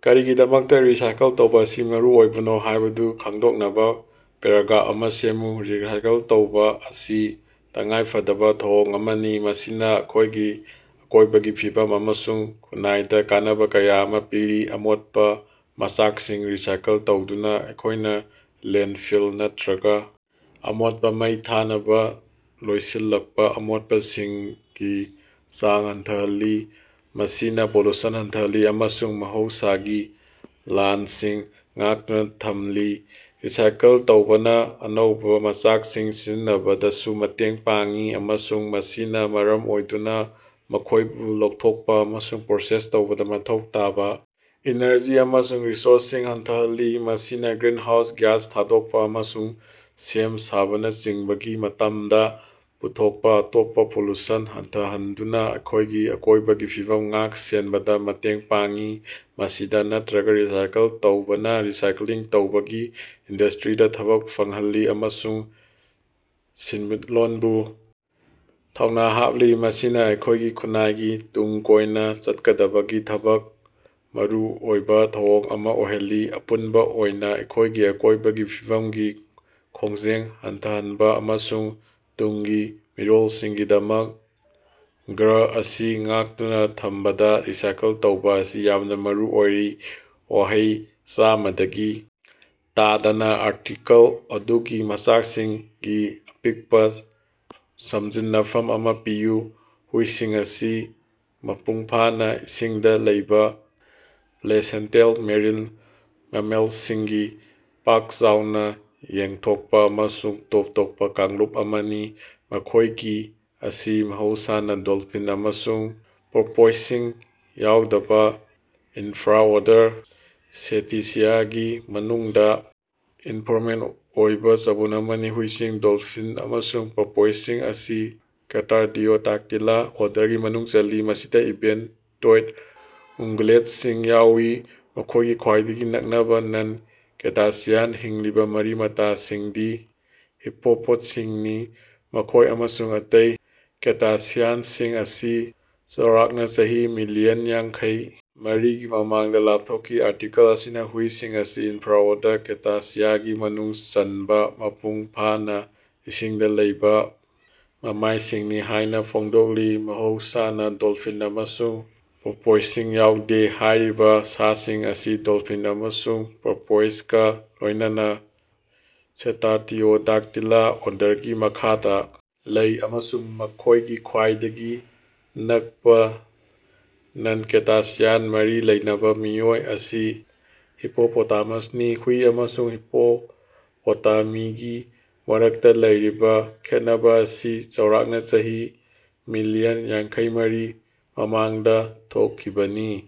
ꯀꯔꯤꯒꯤꯗꯃꯛꯇꯥ ꯔꯤꯁꯥꯏꯀꯜ ꯇꯧꯕꯥ ꯑꯁꯤ ꯃꯔꯨꯑꯣꯏꯕꯅꯣ ꯍꯥꯢꯕꯗꯨ ꯈꯪꯗꯣꯛꯅꯕ ꯄꯦꯔꯥꯒ꯭ꯔꯥꯐ ꯑꯃ ꯁꯦꯝꯃꯨ꯫ ꯔꯤꯁꯥꯏꯀꯜ ꯇꯧꯕꯥ ꯑꯁꯤ ꯇꯉꯥꯏꯐꯗꯕ ꯊꯧꯑꯣꯡ ꯑꯃꯅꯤ ꯃꯁꯤꯅ ꯑꯩꯈꯣꯢꯒꯤ ꯑꯀꯣꯢꯕꯒꯤ ꯐꯤꯕꯝ ꯑꯃꯁꯨꯡ ꯈꯨꯟꯅꯥꯏꯗ ꯀꯥꯟꯅꯕ ꯀꯌꯥ ꯑꯃ ꯄꯤꯔꯤ꯫ ꯑꯃꯣꯠꯄ ꯃꯆꯥꯛꯁꯤꯡ ꯔꯤꯁꯥꯏꯀꯜ ꯇꯧꯗꯨꯅ ꯑꯩꯈꯣꯢꯅ ꯂꯦꯟꯗꯐꯤꯜ ꯅꯠꯇ꯭ꯔꯒ ꯑꯃꯣꯠꯄ ꯃꯩ ꯊꯥꯅꯕ ꯂꯣꯏꯁꯤꯜꯂꯛꯄ ꯑꯃꯣꯠꯄꯁꯤꯡꯒꯤ ꯆꯥꯡ ꯍꯟꯊꯍꯜꯂꯤ ꯃꯁꯤꯅ ꯄꯣꯂꯨꯁꯟ ꯍꯟꯊꯍꯜꯂꯤ ꯑꯃꯁꯨꯡ ꯃꯍꯧꯁꯥꯒꯤ ꯂꯟꯁꯤꯡ ꯉꯥꯛꯇꯨꯅ ꯊꯝꯂꯤ꯫ ꯔꯤꯁꯥꯏꯀꯜ ꯇꯧꯕꯅ ꯑꯅꯧꯕ ꯃꯆꯥꯛꯁꯤꯡ ꯁꯤꯖꯤꯟꯅꯕꯗꯁꯨ ꯃꯇꯦꯡ ꯄꯥꯡꯏ ꯑꯃꯁꯨꯡ ꯃꯁꯤꯅ ꯃꯔꯝ ꯑꯣꯏꯗꯨꯅ ꯃꯈꯣꯢꯕꯨ ꯂꯧꯊꯣꯛꯄ ꯑꯃꯁꯨꯡ ꯄ꯭ꯔꯣꯁꯦꯁ ꯇꯧꯕꯗ ꯃꯊꯧ ꯇꯥꯕ ꯏꯅꯔꯖꯤ ꯑꯃꯁꯨꯡ ꯔꯤꯁꯣꯔꯁꯁꯤꯡ ꯍꯟꯊꯍꯜꯂꯤ꯫ ꯃꯁꯤꯅ ꯒ꯭ꯔꯤꯟꯍꯥꯎꯁ ꯒ꯭ꯌꯥꯁ ꯊꯥꯗꯣꯛꯄ ꯑꯃꯁꯨꯡ ꯁꯦꯝ ꯁꯥꯕꯅꯆꯤꯡꯕꯒꯤ ꯃꯇꯝꯗ ꯄꯨꯊꯣꯛꯄ ꯑꯇꯣꯞꯄ ꯄꯣꯂꯨꯁꯟ ꯍꯟꯊꯍꯟꯗꯨꯅ ꯑꯩꯈꯣꯢꯒꯤ ꯑꯀꯣꯢꯕꯒꯤ ꯐꯤꯕꯝ ꯉꯥꯛ-ꯁꯦꯟꯕꯗ ꯃꯇꯦꯡ ꯄꯥꯡꯏ꯫ ꯃꯁꯤꯗ ꯅꯠꯇꯅ ꯔꯤꯁꯥꯏꯀꯜ ꯇꯧꯕꯅ ꯔꯤꯁꯥꯏꯀꯜ ꯇꯧꯕꯒꯤ ꯏꯟꯗꯁꯇ꯭ꯔꯤꯗ ꯊꯕꯛ ꯐꯪꯍꯜꯂꯤ ꯑꯃꯁꯨꯡ ꯁꯦꯟꯃꯤꯠꯂꯣꯟꯕꯨ ꯊꯧꯅꯥ ꯍꯥꯞꯂꯤ ꯃꯁꯤꯅ ꯑꯩꯈꯣꯢꯒꯤ ꯈꯨꯟꯅꯥꯏꯒꯤ ꯇꯨꯡ ꯀꯣꯏꯅ ꯆꯠꯀꯗꯕꯒꯤꯗꯃꯛ ꯃꯔꯨꯑꯣꯏꯕ ꯊꯧꯑꯣꯡ ꯑꯃ ꯑꯣꯏꯍꯜꯂꯤ꯫ ꯑꯄꯨꯟꯕ ꯑꯣꯏꯅ ꯑꯩꯈꯣꯢꯒꯤ ꯑꯀꯣꯢꯕꯒꯤ ꯐꯤꯕꯝꯒꯤ ꯈꯣꯡꯖꯦꯜ ꯍꯟꯊꯍꯟꯕ ꯑꯃꯁꯨꯡ ꯇꯨꯡꯒꯤ ꯃꯤꯔꯣꯜꯁꯤꯡꯒꯤꯗꯃꯛ ꯒ꯭ꯔꯍ ꯑꯁꯤ ꯉꯥꯛꯇꯨꯅ ꯊꯝꯕꯗ ꯔꯤꯁꯥꯏꯀꯜ ꯇꯧꯕ ꯑꯁꯤ ꯌꯥꯝꯅ ꯃꯔꯨꯑꯣꯏ꯫ ꯋꯥꯍꯩ ꯆꯥꯝꯃꯗꯒꯤ ꯇꯥꯗꯅ ꯑꯥꯔꯇꯤꯀꯜ ꯑꯗꯨꯒꯤ ꯃꯆꯥꯛꯁꯤꯡꯒꯤ ꯑꯄꯤꯛꯄ ꯁꯝꯖꯤꯟꯅꯐꯝ ꯑꯃ ꯄꯤꯌꯨ꯫ ꯍꯨꯏꯁꯤꯡ ꯑꯁꯤ ꯃꯄꯨꯡꯐꯥꯅ ꯏꯁꯤꯡꯗ ꯂꯩꯕ ꯄ꯭ꯂꯥꯁꯦꯟꯇꯦꯜ ꯃꯦꯔꯤꯟ ꯃꯦꯃꯦꯜꯁꯤꯡꯒꯤ ꯄꯥꯛ-ꯆꯥꯎꯅ ꯌꯦꯟꯊꯣꯛꯄ ꯑꯃꯁꯨꯡ ꯇꯣꯞ ꯇꯣꯞꯄ ꯀꯥꯡꯂꯨꯞ ꯑꯃꯅꯤ꯫ ꯃꯈꯣꯢꯒꯤ ꯑꯁꯤ ꯃꯍꯧꯁꯥꯅ ꯗꯣꯜꯐꯤꯟ ꯑꯃꯁꯨꯡ ꯄꯣꯔꯄꯣꯏꯖꯁꯤꯡ ꯌꯥꯎꯗꯕ ꯏꯟꯐ꯭ꯔꯥꯑꯣꯔꯗꯔ ꯁꯦꯇꯥꯁꯤꯌꯥꯒꯤ ꯃꯅꯨꯡꯗ ꯏꯟꯐꯣꯔꯃꯦꯜ ꯑꯣꯏꯕ ꯆꯕꯨꯟ ꯑꯃꯅꯤ꯫ ꯍꯨꯏꯁꯤꯡ, ꯗꯣꯜꯐꯤꯟ ꯑꯃꯁꯨꯡ ꯄꯣꯔꯄꯣꯏꯖꯁꯤꯡ ꯑꯁꯤ ꯀ‌ꯦꯇꯥꯔꯇꯤꯑꯣꯗꯥꯛꯇꯤꯂꯥ ꯑꯣꯔꯗꯔꯒꯤ ꯃꯅꯨꯡ ꯆꯜꯂꯤ ꯃꯁꯤꯗ ꯏꯚꯦꯟꯇ-ꯇꯣꯏꯗ ꯎꯟꯒꯨꯂꯦꯠꯁꯤꯡ ꯌꯥꯎꯏ꯫ ꯃꯈꯣꯢꯒꯤ ꯈ꯭ꯋꯥꯏꯗꯒꯤ ꯅꯛꯅꯕ ꯅꯟ-ꯁꯤꯇꯥꯁꯤꯌꯟ ꯍꯤꯡꯂꯤꯕ ꯃꯔꯤ-ꯃꯇꯥꯁꯤꯡꯗꯤ ꯍꯤꯄꯣꯛꯄꯣꯠꯁꯤꯡꯅꯤ ꯃꯈꯣꯢ ꯑꯃꯁꯨꯡ ꯑꯇꯩ ꯁꯤꯇꯥꯁꯤꯌꯟꯁꯤꯡ ꯑꯁꯤ ꯆꯥꯎꯔꯥꯛꯅ ꯆꯍꯤ ꯃꯤꯂꯤꯌꯟ ꯌꯥꯡꯈꯩ ꯃꯔꯤꯒꯤ ꯃꯃꯥꯡꯗ ꯂꯥꯞꯊꯣꯛꯈꯤ꯫ ꯑꯥꯔꯇꯤꯀꯜ ꯑꯁꯤꯅ ꯍꯨꯏꯁꯤꯡ ꯑꯁꯤ ꯏꯟꯐ꯭ꯔꯥꯑꯣꯔꯗꯔ ꯁꯦꯇꯥꯁꯤꯌꯥꯒꯤ ꯃꯅꯨꯡ ꯆꯟꯕ ꯃꯄꯨꯡ ꯐꯥꯅ ꯏꯁꯤꯡꯗ ꯂꯩꯕ ꯃꯃꯥꯢꯁꯤꯡꯅꯤ ꯍꯥꯢꯅ ꯐꯣꯡꯗꯣꯛꯂꯤ ꯃꯍꯧꯁꯥꯅ ꯗꯣꯜꯐꯤꯟ ꯑꯃꯁꯨꯡ ꯄꯣꯔꯄꯣꯏꯖꯁꯤꯡ ꯌꯥꯎꯗꯦ꯫ ꯍꯥꯢꯔꯤꯕ ꯁꯥꯁꯤꯡ ꯑꯁꯤ ꯗꯣꯜꯐꯤꯟ ꯑꯃꯁꯨꯡ ꯄꯣꯔꯄꯣꯏꯖꯒ ꯂꯣꯢꯅꯅꯥ ꯁꯦꯇꯥꯔꯇꯤꯑꯣꯗꯥꯛꯇꯤꯂꯥ ꯑꯣꯔꯗꯔꯒꯤ ꯃꯈꯥꯗ ꯂꯩ ꯑꯃꯁꯨꯡ ꯃꯈꯣꯢꯒꯤ ꯈ꯭ꯋꯥꯏꯗꯒꯤ ꯅꯛꯄꯥ ꯅꯟ-ꯁꯤꯇꯥꯁꯤꯌꯟ ꯃꯔꯤ ꯂꯩꯅꯕ ꯃꯤꯑꯣꯏ ꯑꯁꯤ ꯍꯤꯄꯣꯄꯣꯇꯥꯃꯁꯅꯤ꯫ ꯍꯨꯏ ꯑꯃꯁꯨꯡ ꯍꯤꯄꯣꯄꯣꯇꯥꯃꯤꯒꯤ ꯃꯔꯛꯇ ꯂꯩꯔꯤꯕ ꯈꯦꯠꯅꯕ ꯑꯁꯤ ꯆꯥꯎꯔꯥꯛꯅ ꯆꯍꯤ ꯃꯤꯂꯤꯌꯟ ꯌꯥꯡꯈꯩꯃꯔꯤ ꯃꯃꯥꯡꯗ ꯊꯣꯛꯈꯤꯕꯅꯤ꯫